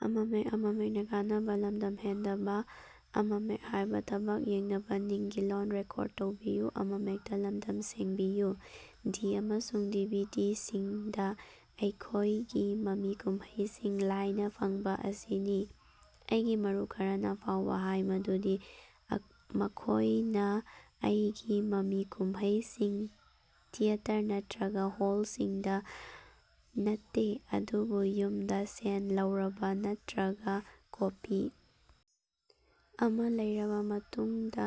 ꯗꯤ. ꯑꯃꯁꯨꯡ D. V. D. ꯁꯤꯡꯗ ꯑꯩꯈꯣꯏꯒꯤ ꯃꯃꯤ ꯀꯨꯝꯍꯩꯁꯤꯡ ꯂꯥꯏꯅ ꯐꯪꯕ ꯑꯁꯤꯅꯤ ꯫ ꯑꯩꯒꯤ ꯃꯔꯨꯞ ꯈꯔꯅ ꯐꯥꯎꯕ ꯍꯥꯏ ꯃꯗꯨꯗꯤ ꯃꯈꯣꯏꯅ ꯑꯩꯒꯤ ꯃꯃꯤ ꯀꯨꯝꯍꯩꯁꯤꯡ ꯊꯤꯌꯦꯇꯔ ꯅꯠꯇ꯭ꯔꯒ ꯍꯣꯜꯁꯤꯡꯗ ꯅꯠꯇꯦ ꯑꯗꯨꯕꯨ ꯌꯨꯝꯗ ꯁꯦꯟ ꯂꯧꯔꯕ ꯅꯠꯇ꯭ꯔꯒ ꯀꯣꯄꯤ ꯑꯃ ꯂꯩꯔꯕ ꯃꯇꯨꯡꯗ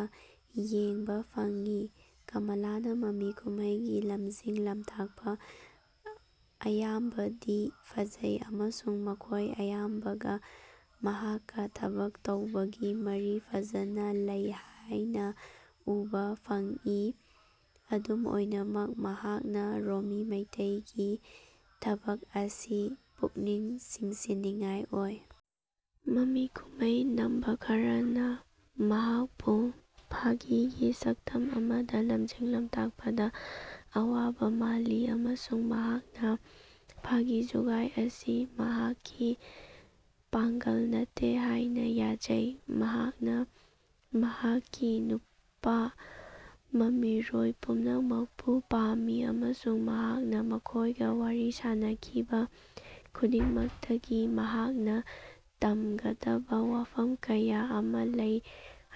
ꯌꯦꯡꯕ ꯐꯪꯏ꯫ ꯀꯃꯂꯥꯅ ꯃꯃꯤ ꯀꯨꯝꯍꯩꯒꯤ ꯂꯝꯖꯤꯡ-ꯂꯝꯇꯥꯛꯄ ꯑꯌꯥꯝꯕꯗꯤ ꯐꯖꯩ ꯑꯃꯁꯨꯡ ꯃꯈꯣꯏ ꯑꯌꯥꯝꯕꯒ ꯃꯍꯥꯛꯀ ꯊꯕꯛ ꯇꯧꯕꯒꯤ ꯃꯔꯤ ꯐꯖꯅ ꯂꯩ ꯍꯥꯏꯅ ꯎꯕ ꯐꯪꯏ꯫ ꯑꯗꯨꯝ ꯑꯣꯏꯅꯃꯛ ꯃꯍꯥꯛꯅ ꯔꯣꯃꯤ ꯃꯩꯇꯩꯒꯤ ꯊꯕꯛ ꯑꯁꯤ ꯄꯨꯛꯅꯤꯡ ꯆꯤꯡꯁꯤꯟꯅꯤꯡꯉꯥꯏ ꯑꯣꯏ꯫ ꯃꯃꯤ ꯀꯨꯝꯍꯩ ꯅꯝꯕ ꯈꯔꯅ ꯃꯍꯥꯛꯄꯨ ꯐꯥꯒꯤꯒꯤ ꯁꯛꯇꯝ ꯑꯃꯗ ꯂꯝꯖꯤꯡ-ꯂꯝꯇꯥꯛꯄꯗ ꯑꯋꯥꯕ ꯃꯥꯜꯂꯤ ꯑꯃꯁꯨꯡ ꯃꯍꯥꯛꯅ ꯐꯥꯒꯤ-ꯖꯨꯒꯥꯏ ꯑꯁꯤ ꯃꯍꯥꯛꯀꯤ ꯄꯥꯡꯒꯜ ꯅꯠꯇꯦ ꯍꯥꯏꯅ ꯌꯥꯖꯩ꯫ ꯃꯍꯥꯛꯅ ꯃꯍꯥꯛꯀꯤ ꯅꯨꯄꯥ ꯃꯃꯤꯔꯣꯏ ꯄꯨꯝꯅꯃꯛꯄꯨ ꯄꯥꯝꯃꯤ ꯑꯃꯁꯨꯡ ꯃꯍꯥꯛꯅ ꯃꯈꯣꯏꯒ ꯋꯥꯔꯤ ꯁꯥꯅꯈꯤꯕ ꯈꯨꯗꯤꯡꯃꯛꯇꯒꯤ ꯃꯍꯥꯛꯅ ꯇꯝꯒꯗꯕ ꯋꯥꯐꯝ ꯀꯌꯥ ꯑꯃ ꯂꯩ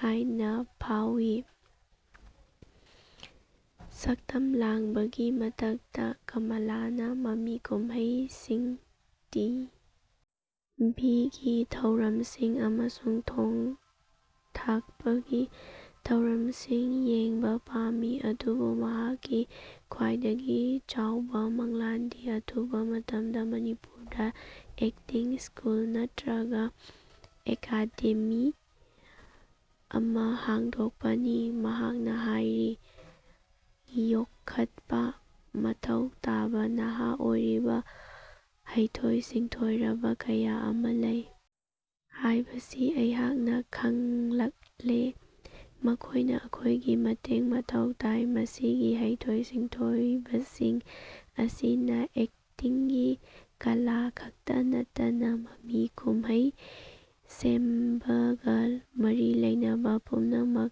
ꯍꯥꯏꯅ ꯐꯥꯎꯏ꯫ ꯁꯛꯇꯝ ꯂꯥꯡꯕꯒꯤ ꯃꯊꯛꯇ ꯀꯃꯂꯥꯅ ꯃꯃꯤ ꯀꯨꯝꯍꯩꯁꯤꯡ, ꯇꯤ. ꯚꯤ. ꯒꯤ ꯊꯧꯔꯝꯁꯤꯡ ꯑꯃꯁꯨꯡ ꯊꯣꯡ-ꯊꯥꯛꯄꯒꯤ ꯊꯧꯔꯝꯁꯤꯡ ꯌꯦꯡꯕ ꯄꯥꯝꯃꯤ꯫ ꯑꯗꯨꯕꯨ ꯃꯍꯥꯛꯀꯤ ꯈ꯭ꯋꯥꯏꯗꯒꯤ ꯆꯥꯎꯕ ꯃꯪꯂꯥꯟꯗꯤ ꯑꯊꯨꯕ ꯃꯇꯝꯗ ꯃꯅꯤꯄꯨꯔꯗ ꯑꯦꯛꯇꯤꯡ ꯁ꯭ꯀꯨꯜ ꯅꯠꯇ꯭ꯔꯒ ꯑꯦꯀꯥꯗꯦꯃꯤ ꯑꯃ ꯍꯥꯡꯗꯣꯛꯄꯅꯤ꯫ ꯃꯍꯥꯛꯅ ꯍꯥꯏꯔꯤ, "ꯌꯣꯛꯈꯠꯄ ꯃꯊꯧ ꯇꯥꯕ ꯅꯍꯥ ꯑꯣꯏꯔꯤꯕ ꯍꯩꯊꯣꯏ-ꯁꯤꯡꯊꯣꯏꯔꯕ ꯀꯌꯥ ꯑꯃ ꯂꯩ ꯍꯥꯏꯕꯁꯤ ꯑꯩꯍꯥꯛꯅ ꯈꯪꯂꯛꯂꯦ꯫ ꯃꯈꯣꯏꯅ ꯑꯩꯈꯣꯏꯒꯤ ꯃꯇꯦꯡ ꯃꯊꯧ ꯇꯥꯏ꯫ ꯃꯁꯤꯒꯤ ꯍꯩꯊꯣꯏ-ꯁꯤꯡꯊꯣꯏꯕꯁꯤꯡ ꯑꯁꯤꯅ ꯑꯦꯛꯇꯤꯡꯒꯤ ꯀꯂꯥ ꯈꯛꯇ ꯅꯠꯇꯅ ꯃꯃꯤ ꯀꯨꯝꯍꯩ ꯁꯦꯝꯕꯒ ꯃꯔꯤ ꯂꯩꯅꯕ ꯄꯨꯝꯅꯃꯛ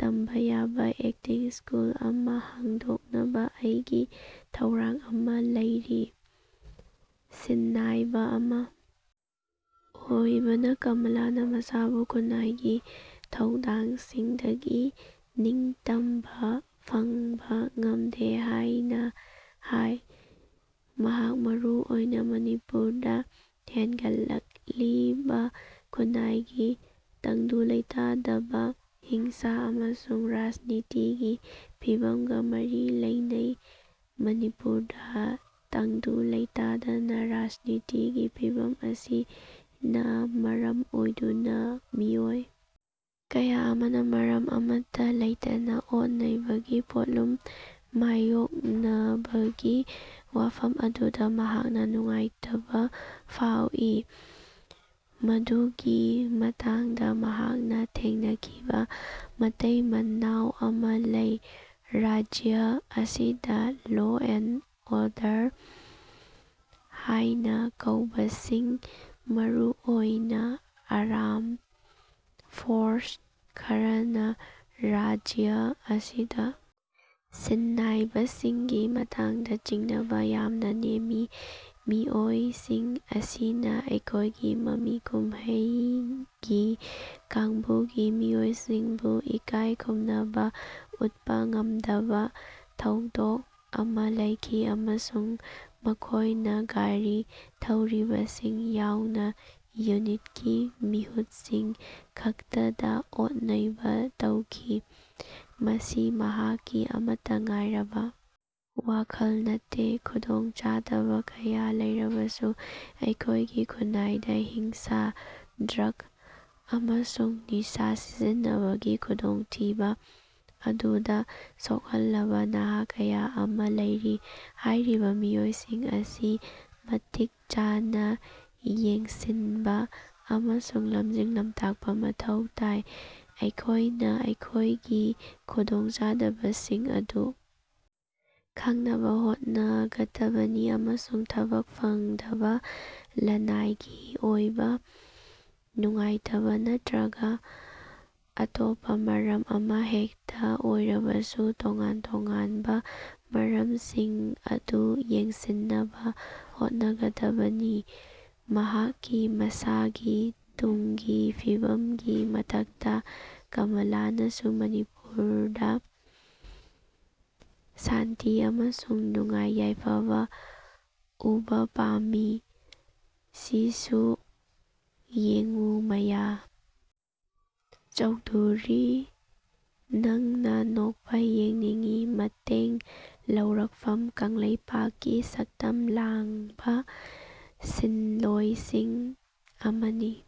ꯇꯝꯕ ꯌꯥꯕ ꯑꯦꯛꯇꯤꯡ ꯁ꯭ꯀꯨꯜ ꯑꯃ ꯍꯥꯡꯗꯣꯛꯅꯕ ꯑꯩꯒꯤ ꯊꯧꯔꯥꯡ ꯑꯃ ꯂꯩꯔꯤ"꯫ ꯁꯤꯟꯅꯥꯏꯕ ꯑꯃ ꯑꯣꯏꯕꯅ ꯀꯃꯂꯥꯅ ꯃꯁꯥꯕꯨ ꯈꯨꯟꯅꯥꯏꯒꯤ ꯊꯧꯗꯥꯡꯁꯤꯡꯗꯒꯤ ꯅꯤꯡꯇꯝꯕ ꯐꯪꯕ ꯉꯝꯗꯦ ꯍꯥꯏꯅ ꯍꯥꯏ꯫ ꯃꯍꯥꯛ ꯃꯔꯨ ꯑꯣꯏꯅ ꯃꯅꯤꯄꯨꯔꯗ ꯍꯦꯟꯒꯠꯂꯛꯂꯤꯕ ꯈꯨꯟꯅꯥꯏꯒꯤ ꯇꯪꯗꯨ ꯂꯩꯇꯥꯗꯕ, ꯍꯤꯡꯁꯥ ꯑꯃꯁꯨꯡ ꯔꯥꯖꯅꯤꯇꯤꯒꯤ ꯐꯤꯚꯝꯒ ꯃꯔꯤ ꯂꯩꯅꯩ꯫ ꯃꯅꯤꯄꯨꯔꯗ ꯇꯪꯗꯨ ꯂꯩꯇꯥꯗꯅ ꯔꯥꯖꯅꯤꯇꯤꯒꯤ ꯐꯤꯚꯝ ꯑꯁꯤꯅ ꯃꯔꯝ ꯑꯣꯏꯗꯨꯅ ꯃꯤꯑꯣꯏ ꯀꯌꯥ ꯑꯃꯅ ꯃꯔꯝ ꯑꯃꯠꯇ ꯂꯩꯇꯅ ꯑꯣꯠ-ꯅꯩꯕꯒꯤ ꯄꯣꯠꯂꯨꯝ ꯃꯥꯌꯣꯛꯅꯕꯒꯤ ꯋꯥꯐꯝ ꯑꯗꯨꯗ ꯃꯍꯥꯛꯅ ꯅꯨꯡꯉꯥꯏꯇꯕ ꯐꯥꯎꯏ꯫ ꯃꯗꯨꯒꯤ ꯃꯇꯥꯡꯗ ꯃꯍꯥꯛꯅ ꯊꯦꯡꯅꯈꯤꯕ ꯃꯇꯩ-ꯃꯅꯥꯎ ꯑꯃ ꯂꯩ꯫ "ꯔꯥꯖ꯭ꯌ ꯑꯁꯤꯗ ꯂꯣ ꯑꯦꯟꯗ ꯑꯣꯔꯗꯔ ꯍꯥꯏꯅ ꯀꯧꯕꯁꯤꯡ, ꯃꯔꯨꯑꯣꯏꯅ ꯑꯥꯔꯝ ꯐꯣꯔꯁ ꯈꯔꯅ ꯔꯥꯖ꯭ꯌ ꯑꯁꯤꯗ ꯁꯤꯟꯅꯥꯏꯕꯁꯤꯡꯒꯤ ꯃꯇꯥꯡꯗ ꯆꯤꯡꯅꯕ ꯌꯥꯝꯅ ꯅꯦꯝꯃꯤ꯫ ꯃꯤꯑꯣꯏꯁꯤꯡ ꯑꯁꯤꯅ ꯑꯩꯈꯣꯏꯒꯤ ꯃꯃꯤ ꯀꯨꯝꯍꯩꯒꯤ ꯀꯥꯡꯕꯨꯒꯤ ꯃꯤꯑꯣꯏꯁꯤꯡꯕꯨ ꯏꯀꯥꯏ ꯈꯨꯝꯅꯕ ꯎꯠꯄ ꯉꯝꯗꯕ ꯊꯧꯗꯣꯛ ꯑꯃ ꯂꯩꯈꯤ ꯑꯃꯁꯨꯡ ꯃꯈꯣꯏꯅ ꯒꯥꯔꯤ ꯊꯧꯔꯤꯕꯁꯤꯡ ꯌꯥꯎꯅ ꯌꯨꯅꯤꯠꯀꯤ ꯃꯤꯍꯨꯠꯁꯤꯡ ꯈꯛꯇꯗ ꯑꯣꯠ-ꯅꯩꯕ ꯇꯧꯈꯤ"꯫ ꯃꯁꯤ ꯃꯍꯥꯛꯀꯤ ꯑꯃꯠꯇ ꯉꯥꯏꯔꯕ ꯋꯥꯈꯜ ꯅꯠꯇꯦ꯫ "ꯈꯨꯗꯣꯡꯆꯥꯗꯕ ꯀꯌꯥ ꯂꯩꯔꯕꯁꯨ, ꯑꯩꯈꯣꯏꯒꯤ ꯈꯨꯟꯅꯥꯏꯗ ꯍꯤꯡꯁꯥ, ꯗ꯭ꯔꯒ ꯑꯃꯁꯨꯡ ꯅꯤꯁꯥ ꯁꯤꯖꯤꯟꯅꯕꯒꯤ ꯈꯨꯗꯣꯡꯊꯤꯕ ꯑꯗꯨꯗ ꯁꯣꯛꯍꯜꯂꯕ ꯅꯍꯥ ꯀꯌꯥ ꯑꯃ ꯂꯩꯔꯤ꯫ ꯍꯥꯏꯔꯤꯕ ꯃꯤꯑꯣꯏꯁꯤꯡ ꯑꯁꯤ ꯃꯇꯤꯛ ꯆꯥꯅ ꯌꯦꯡꯁꯤꯟꯕ ꯑꯃꯁꯨꯡ ꯂꯝꯖꯤꯡ-ꯂꯝꯇꯥꯛꯄ ꯃꯊꯧ ꯇꯥꯏ꯫ ꯑꯩꯈꯣꯏꯅ ꯑꯈꯣꯏꯒꯤ ꯈꯨꯗꯣꯡꯆꯥꯗꯕꯁꯤꯡ ꯑꯗꯨ ꯈꯪꯅꯕ ꯍꯣꯠꯅꯒꯗꯕꯅꯤ ꯑꯃꯁꯨꯡ ꯊꯕꯛ ꯐꯪꯗꯕ, ꯂꯅꯥꯏꯒꯤ ꯑꯣꯏꯕ ꯅꯨꯡꯉꯥꯏꯇꯕ ꯅꯠꯇ꯭ꯔꯒ ꯑꯇꯣꯞꯄ ꯃꯔꯝ ꯑꯃꯍꯦꯛꯇ ꯑꯣꯏꯔꯕꯁꯨ ꯇꯣꯉꯥꯟ-ꯇꯣꯉꯥꯟꯕ ꯃꯔꯝꯁꯤꯡ ꯑꯗꯨ ꯌꯦꯡꯁꯤꯟꯅꯕ ꯍꯣꯠꯅꯒꯗꯕꯅꯤ"꯫ ꯃꯍꯥꯛꯀꯤ ꯃꯁꯥꯒꯤ ꯇꯨꯡꯒꯤ ꯐꯤꯕꯝꯒꯤ ꯃꯊꯛꯇ, ꯀꯃꯂꯥꯅꯁꯨ ꯃꯅꯤꯄꯨꯔꯗ ꯁꯥꯟꯇꯤ ꯑꯃꯁꯨꯡ ꯅꯨꯡꯉꯥꯏ-ꯌꯥꯏꯐꯕ ꯎꯕ ꯄꯥꯝꯃꯤ꯫ ꯁꯤꯁꯨ ꯌꯦꯡꯉꯨ ꯃꯌꯥ ꯆꯧꯙꯨꯔꯤ ꯅꯪꯅ ꯅꯣꯛꯄ ꯌꯦꯡꯅꯤꯡꯉꯤ ꯃꯇꯦꯡ ꯂꯧꯔꯛꯐꯝ ꯀꯪꯂꯩꯄꯥꯛꯀꯤ ꯁꯛꯇꯝ ꯂꯥꯡꯕ ꯁꯤꯟꯂꯣꯢꯁꯤꯡ ꯑꯃꯅꯤ꯫